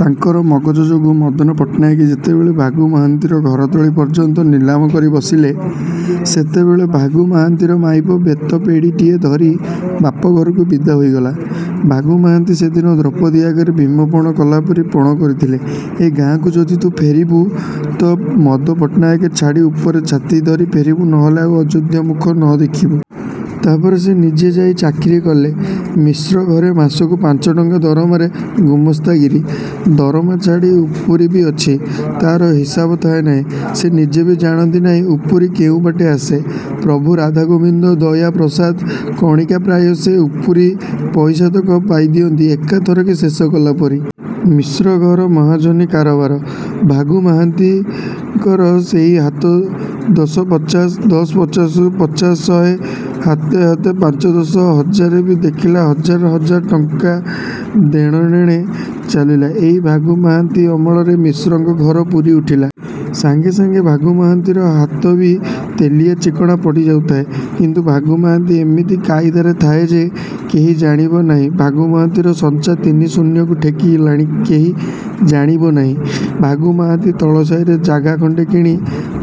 ତାଙ୍କର ମଗଜ ଯୋଗୁଁ। ମଦନ ପଟ୍ଟନାୟକେ ଯେତେବେଳେ ଭାଗୁ ମହାନ୍ତିର ଘରତଳି ପର୍ଯ୍ୟନ୍ତ ନିଲାମ କରି ବସିଲେ, ସେତେବେଳେ ଭାଗୁ ମହାନ୍ତିର ମାଇପ ବେତପେଡ଼ିଟିଏ ଧରି ବାପ ଘରକୁ ବିଦା ହୋଇଗଲା। ଭାଗୁ ମହାନ୍ତି ସେଦିନ ଦ୍ରୌପଦୀ ଆଗରେ ଭୀମ ପଣ କଲାପରି ପଣ କରିଥିଲେ, ଏ ଗାଁକୁ ଯଦି ତୁ ପୁଣି ଫେରିବୁ ତ ମଦନ ପଟ୍ଟନାୟକ ଛାତି ଉପରେ ଛାତି ଧରି ଫେରିବୁ ନଇଲେ ଆଉ ଅଯୋଧ୍ୟା ମୁଖ ନ ଦେଖିବୁ। ତା'ପରେ ସେ ନିଜେ ଯାଇ ଚାକିରି କଲେ ମିଶ୍ର ଘରେ ମାସକୁ ପାଞ୍ଚ ଟଙ୍କା ଦରମାରେ ଗୁମାସ୍ତା ଗିରି। ଦରମା ଛାଡ଼ି ଉପୁରିବି ଅଛି। ତା'ର ହିସାବ ଥାଏ ନାହିଁ। ସେ ନିଜେବି ଜାଣନ୍ତି ନାହିଁ ଉପୁରି କେଉଁ ବାଟେ ଆସେ। ପ୍ରଭୁ ରାଧାଗୋବିନ୍ଦ ଦୟା ପ୍ରସାଦ କଣିକା ପ୍ରାୟ ସେ ଉପୁରି ପଇସାତକ ପାଇ ଦିଅନ୍ତି ଏକା ଥରକେ ଶେଷ କଲା ପରି। ମିଶ୍ର ଘର ମହାଜନି କାରବାର। ଭାଗୁ ମହାନ୍ତିଙ୍କର ସେଇ ହାତ ଦଶ ପଚାଶ, ଦଶ ପଚାଶରୁ ପଚାଶ ଶହେ, ହୋତେ ହୋତେ ପାଞ୍ଚ ଦଶ ହଜାରବି ଦେଖିଲା ହଜାର ହଜାର ଟଙ୍କା ଦେଣନେଣ ଚାଲିଲା ଏଇ ଭାଗୁ ମହାନ୍ତି ଅମଳରେ। ମିଶ୍ରଙ୍କ ଘର ପୂରି ଉଠିଲା। ସାଙ୍ଗେ ସାଙ୍ଗେ ଭାଗୁ ମହାନ୍ତିର ହାତବି ତେଲିଆ ଚିକଣା ପଡ଼ି ଯାଉଥାଏ। କିନ୍ତୁ ଭାଗୁ ମହାନ୍ତି ଏମିତି କାଇଦାରେ ଥାଏ ଯେ, କେହି ଜାଣିବ ନାହିଁ ଭାଗୁ ମହାନ୍ତିର ସଞ୍ଚା ତିନି ଶୂନ୍ୟକୁ ଠେକିଲାଣି କେହି ଜାଣିବ ନାହିଁ। ଭାଗୁ ମହାନ୍ତି ତଳ ସାହିରେ ଜାଗା ଖଣ୍ଡେ କିଣି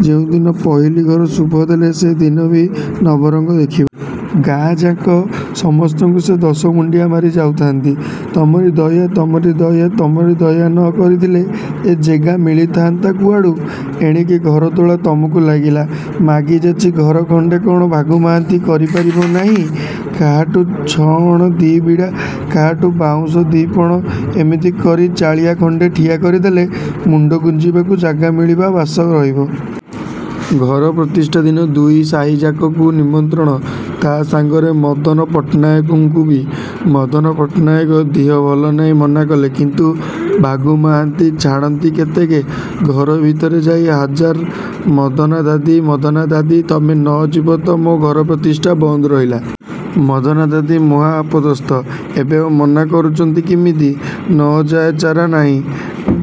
ଯେଉଁଦିନ ପହିଲୁ ଘର ଶୁଭ ଦେଲେ, ସେ ଦିନ କି ନବରଙ୍ଗ ଦେଖିବ। ଗାଁଯାକ ସମସ୍ତକୁ ସେ ଦଶ ମୁଣ୍ଡିଆ ମାରି ଯାଉଥାନ୍ତି, ''ତମରି ଦୟା ତମରି ଦୟା ତମେ ଦୟା ନ କରିଥିଲେ ଏ ଜେଗା ମିଳିଥାନ୍ତା କୁଆଡ଼ୁ। ଏଣିକି ଘର ତୋଳା ତମକୁ ଲାଗିଲା। ମାଗିଯାଚି ଘର ଖଣ୍ଡେ କ'ଣ ଭାଗୁ ମହାନ୍ତି କରିପାରିବ ନାହିଁ। କାହାଠୁ ଛଣ ଦି' ବିଡ଼ା, କାହାଠୁ ବାଉଁଶ ଦି'ପଣ ଏମିତି କରି ଚାଳିଆ ଖଣ୍ଡେ ଠିଆ କରି ଦେଲେ ମୁଣ୍ଡ ଗୁଞ୍ଜିବାକୁ ଜାଗା ମିଳିବ ବାସ ରହିବ। '' ଘର ପ୍ରତିଷ୍ଠା ଦିନ ଦୁଇ ସାହିଯାକକୁ ନିମନ୍ତ୍ରଣ ତା' ସାଙ୍ଗରେ ମଦନ ପଟ୍ଟନାୟକଙ୍କୁବି। ମଦନ ପଟ୍ଟନାୟକ ଦିହ ଭଲ ନାହିଁ ମନା କଲେ। କିନ୍ତୁ ଭାଗୁ ମହାନ୍ତି ଛାଡ଼ନ୍ତି କେତେକେ! ଘର ଭିତରେ ଯାଇ ହାଜର ''ମଦନାଦାଦି ମଦାନାଦାଦି ତମେ ନ ଯିବ ତ ମୋ ଘର ପ୍ରତିଷ୍ଠା ବନ୍ଦ ରହିଲା। '' ମଦନାଦାଦି ମହା ଅପଦସ୍ତ। ଏବେ ଆଉ ମନା କରୁଚନ୍ତି କିମିତି? ନ ଯାଇ ଚାରା ନାହିଁ।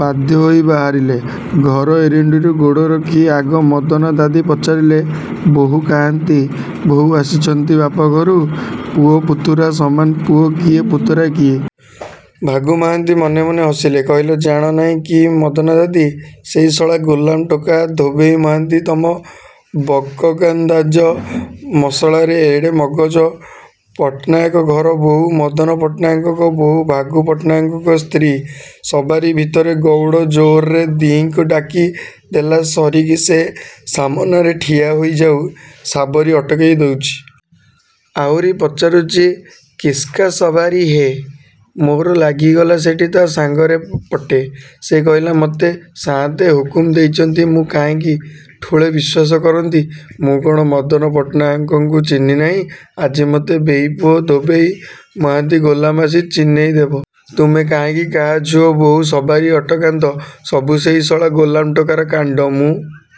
ବାଧ୍ୟ ହେଇ ବାହାରିଲେ। ଘର ଏରୁଣ୍ଡିରେ ଗୋଡ଼ରଖି ଆଗ 'ମଦନାଦାଦି' ପଚାରିଲେ, ''ବହୂ କାହାନ୍ତି? ବହୂ ଆସିଚନ୍ତି ବାପଘରୁ? '' ପୁଅ ପୁତୁରା ସମାନ ପୁଅ କିଏ ପୁତୁରା କିଏ? ଭାଗୁ ମହାନ୍ତି ମନେ ମନେ ହସିଲେ କହିଲେ''ଜାଣ ନାହିଁ କି ମଦନାଦାଦି? ସେଇ ଶଳା ଗୋଲାମ ଟେକା ଧୋବେଇ ମହାନ୍ତି ତମ ବଗକନ୍ଦାଜ ମଶଳାର ଏଡ଼େ ମଗଜ, ପଟ୍ଟନାୟକ ଘର ବହୂ, ମଦନ ପଟ୍ଟନାୟକଙ୍କ ବହୂ ଭାଗୁ ପଟ୍ଟନାୟକଙ୍କ ସ୍ତ୍ରୀ ସବାରୀ ଭିତରେ ଗଉଡ଼ ଜୋର୍ରେ ଦିହିଁଙ୍କି ଡାକି ଦେଲା ସରିକି ସେ ସାମନାରେ ଠିଆ ହେଇଯାଇ ସବାରୀ ଅଟକେଇ ଦଉଚି। ଆଉରି ପଚାରୁଚି 'କିସ୍କା ସବାରୀ ହେ! ' ମୋର ଲାଗିଗଲା ସେଠି ତା' ସାଙ୍ଗରେ ପଟେ। ସେ କହିଲା 'ମୋତେ ସାଆନ୍ତେ ହୁକୁମ ଦେଇଚନ୍ତି। ' ମୁଁ କାହିଁକି ଠୁଳେ ବିଶ୍ୱାସ କରନ୍ତି। ମୁଁ କ'ଣ ମଦନ ପଟ୍ଟନାହାକଙ୍କୁ ଚିହ୍ନି ନାହିଁ ଆଜି ମୋତେ ବେହିପୁଅ ଧୋବେଇ ମହାନ୍ତି ଗୋଲାମ ଆସି ଚିହ୍ନେଇ ଦେବ। ତମେ କାହିଁକି କାହା ଝୁଅ ବହୂ ସବାରୀ ଅଟକାନ୍ତ। ସବୁ ସେଇ ଶଳା ଗୋଲାମ ଟୋକାର କାଣ୍ଡ। ମୁଁ